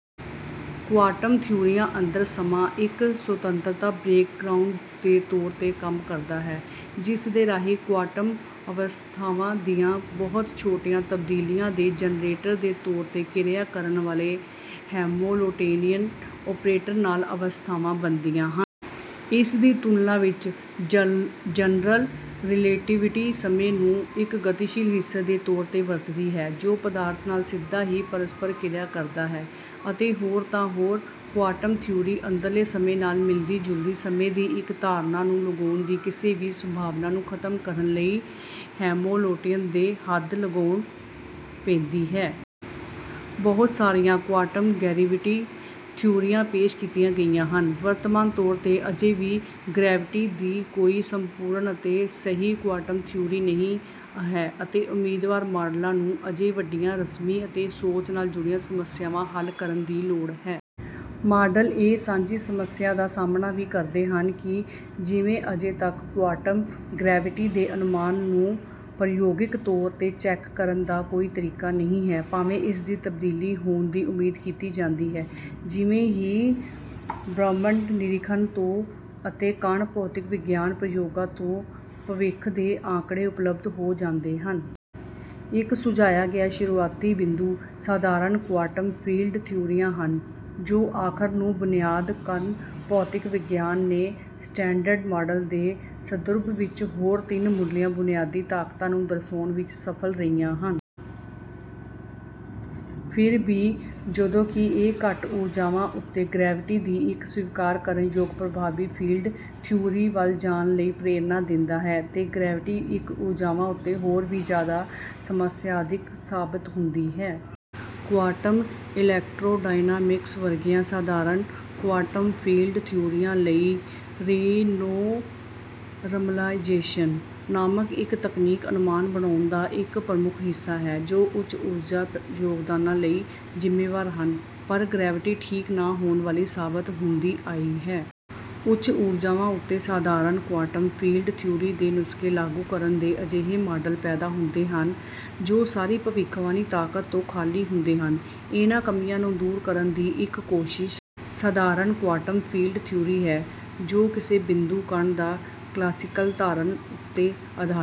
Quantum ਥਿਊਰੀਆਂ ਅੰਦਰ ਸਮਾਂ ਇੱਕ ਸੁਤੰਤਰ ਬੈਕਗ੍ਰਾਊਂਡ ਦੇ ਤੌਰ ਤੇ ਕੰਮ ਕਰਦਾ ਹੈ ਜਿਸਦੇ ਰਾਹੀਂ ਕੁਆਂਟਮ ਅਵਸਥਾਵਾਂ ਦੀਆਂ ਬਹੁਤ ਛੋਟੀਆਂ ਤਬਦੀਲੀਆਂ ਦੇ ਜਨਰੇਟਰ ਦੇ ਤੌਰ ਤੇ ਕ੍ਰਿਆ ਕਰਨ ਵਾਲੇ ਹੈਮਿਲਟੋਨੀਅਨ ਓਪਰੇਟਰ ਨਾਲ ਅਵਸਥਾਵਾਂ ਬਣਦੀਆਂ ਹਨ। ਇਸਦੀ ਤੁਲਨਾ ਵਿੱਚ ਜਨਰਲ ਰਿਲੇਟੀਵਿਟੀ ਸਮੇਂ ਨੂੰ ਇੱਕ ਗਤੀਸ਼ੀਲ ਹਿੱਸੇ ਦੇ ਤੌਰ ਤੇ ਵਰਤਦੀ ਹੈ ਜੋ ਪਦਾਰਥ ਨਾਲ ਸਿੱਧਾ ਹੀ ਪਰਸਪਰ ਕ੍ਰਿਆ ਕਰਦਾ ਹੈ ਅਤੇ ਹੋਰ ਤਾਂ ਹੋਰ ਕੁਆਂਟਮ ਥਿਊਰੀ ਅੰਦਰਲੇ ਸਮੇਂ ਨਾਲ ਮਿਲਦੀ ਜੁਲਦੀ ਸਮੇਂ ਦੀ ਇੱਕ ਧਾਰਨਾ ਨੂੰ ਲਗਾਉਣ ਦੀ ਕਿਸੇ ਵੀ ਸੰਭਾਵਨਾ ਨੂੰ ਖਤਮ ਕਰਨ ਲਈ ਹੈਮੋਲੋਟੀਅਨ ਤੇ ਹੱਦ ਲਗਾਉਣੀ ਪੈਂਦੀ ਹੈ। ਬਹੁਤ ਸਾਰੀਆਂ ਕੁਆਂਟਮ ਗਰੈਵਿਟੀ ਥਿਊਰੀਆਂ ਪੇਸ਼ ਕੀਤੀਆਂ ਗਈਆਂ ਹਨ। ਵਰਤਮਾਨ ਤੌਰ ਤੇ ਅਜੇ ਵੀ ਗਰੈਵਿਟੀ ਦੀ ਕੋਈ ਸੰਪੂਰਨ ਅਤੇ ਸਹੀ ਕੁਆਂਟਮ ਥਿਊਰੀ ਨਹੀਂ ਹੈ ਅਤੇ ਉਮੀਦਵਾਰ ਮਾਡਲਾਂ ਨੂੰ ਅਜੇ ਵੱਡੀਆਂ ਰਸਮੀ ਅਤੇ ਸੋਚ ਨਾਲ ਜੁੜੀਆਂ ਸਮੱਸਿਆਵਾਂ ਹੱਲ ਕਰਨ ਦੀ ਲੋੜ ਹੈ। ਮਾਡਲ ਇਹ ਸਾਂਝੀ ਸਮੱਸਿਆ ਦਾ ਸਾਹਮਣਾ ਵੀ ਕਰਦੇ ਹਨ ਕਿ ਜਿਵੇਂ ਅਜੇ ਤੱਕ ਕੁਆਂਟਮ ਗਰੈਵਿਟੀ ਦੇ ਅਨੁਮਾਨਾਂ ਨੂੰ ਪ੍ਰਯੋਗਿਕ ਤੌਰ ਤੇ ਚੈੱਕ ਕਰਨ ਦਾ ਕੋਈ ਤਰੀਕਾ ਨਹੀਂ ਹੈ ਭਾਵੇਂ ਇਸ ਦੀ ਤਬਦੀਲੀ ਹੋਣ ਦੀ ਉਮੀਦ ਕੀਤੀ ਜਾਂਦੀ ਹੈ ਜਿਵੇਂ ਹੀ ਬ੍ਰਹਿਮੰਡੀ ਨਿਰੀਖਣਾਂ ਤੋਂ ਅਤੇ ਕਣ ਭੌਤਿਕ ਵਿਗਿਆਨ ਪ੍ਰਯੋਗਾਂ ਤੋਂ ਭਵਿੱਖ ਦੇ ਆਂਕੜੇ ਉਪਲਬਧ ਹੋ ਜਾਂਦੇ ਹਨ। ਇੱਕ ਸੁਝਾਇਆ ਗਿਆ ਸ਼ੁਰੂਆਤੀ ਬਿੰਦੂ ਸਧਾਰਨ ਕੁਆਂਟਮ ਫੀਲਡ ਥਿਊਰੀਆਂ ਹਨ ਜੋ ਆਖਿਰ ਨੂੰ ਬੁਨਿਆਦੀ ਕਣ ਭੌਤਿਕ ਵਿਗਿਆਨ ਦੇ ਸਟੈਂਡਰਡ ਮਾਡਲ ਨੇ ਸੰਦ੍ਰਭ ਵਿੱਚ ਹੋਰ ਤਿੰਨ ਮੁਢਲੀਆਂ ਬੁਨਿਆਦੀ ਤਾਕਤਾਂ ਨੂੰ ਦਰਸਾਉਣ ਵਿੱਚ ਸਫਲ ਰਹੀਆਂ ਹਨ। ਫਿਰ ਵੀ ਜਦੋਂਕਿ ਇਹ ਘੱਟ ਊਰਜਾਵਾਂ ਉੱਤੇ ਗਰੈਵਿਟੀ ਦੀ ਇੱਕ ਸਵੀਕਾਰ ਕਰਨ ਯੋਗ ਪ੍ਰਭਾਵੀ ਫੀਲਡ ਥਿਊਰੀ ਵੱਲ ਜਾਣ ਲਈ ਪ੍ਰੇਰਣਾ ਦਿੰਦਾ ਹੈ ਤਾਂ ਗਰੈਵਿਟੀ ਇੱਕ ਊਰਜਾਵਾਂ ਉੱਤੇ ਹੋਰ ਵੀ ਜਿਆਦਾ ਸਮੱਸਿਆਦਾਇਕ ਸਾਬਤ ਹੁੰਦੀ ਹੈ। ਕੁਆਂਟਮ ਇਲੈਕਟ੍ਰੋਡਾਇਨਾਮਿਕਸ ਵਰਗੀਆਂ ਸਧਾਰਨ ਕੁਆਂਟਮ ਫੀਲਡ ਥਿਊਰੀਆਂ ਲਈ ਰੀਨੌਰਮਲਾਇਜ਼ੇਸ਼ਨ ਨਾਮਕ ਇੱਕ ਤਕਨੀਕ ਅਨੁਮਾਨ ਬਣਾਉਣ ਦਾ ਇੱਕ ਪ੍ਰਮੁੱਖ ਹਿੱਸਾ ਹੈ ਜੋ ਉੱਚ ਊਰਜਾ ਯੋਗਦਾਨਾਂ ਲਈ ਜਿੰਮੇਵਾਰ ਹਨ ਪਰ ਗਰੈਵਿਟੀ ਠੀਕ ਨਾ ਹੋਣ ਵਾਲੀ ਸਾਬਤ ਹੁੰਦੀ ਆਈ ਹੈ। ਉੱਚ ਊਰਜਾਵਾਂ ਉੱਤੇ ਸਧਾਰਨ ਕੁਆਂਟਮ ਫੀਲਡ ਥਿਊਰੀ ਦੇ ਨੁਸਖੇ ਲਾਗੂ ਕਰਨ ਤੇ ਅਜਿਹੇ ਮਾਡਲ ਪੈਦਾ ਹੁੰਦੇ ਹਨ ਜੋ ਸਾਰੀ ਭਵਿੱਖਬਾਣੀ ਤਾਕਤ ਤੋਂ ਖਾਲੀ ਹੁੰਦੇ ਹਨ। ਇਹਨਾਂ ਕਮੀਆਂ ਨੂੰ ਦੂਰ ਕਰਨ ਦੀ ਇੱਕ ਕੋਸ਼ਿਸ਼ ਸਧਾਰਨ ਕੁਆਂਟਮ ਫੀਲਡ ਥਿਊਰੀ ਹੈ ਜੋ ਕਿਸੇ ਬਿੰਦੂ ਕਣ ਦੀ ਕਲਾਸੀਕਲ ਧਾਰਨ ਉੱਤੇ ਅਧਾਰਿਤ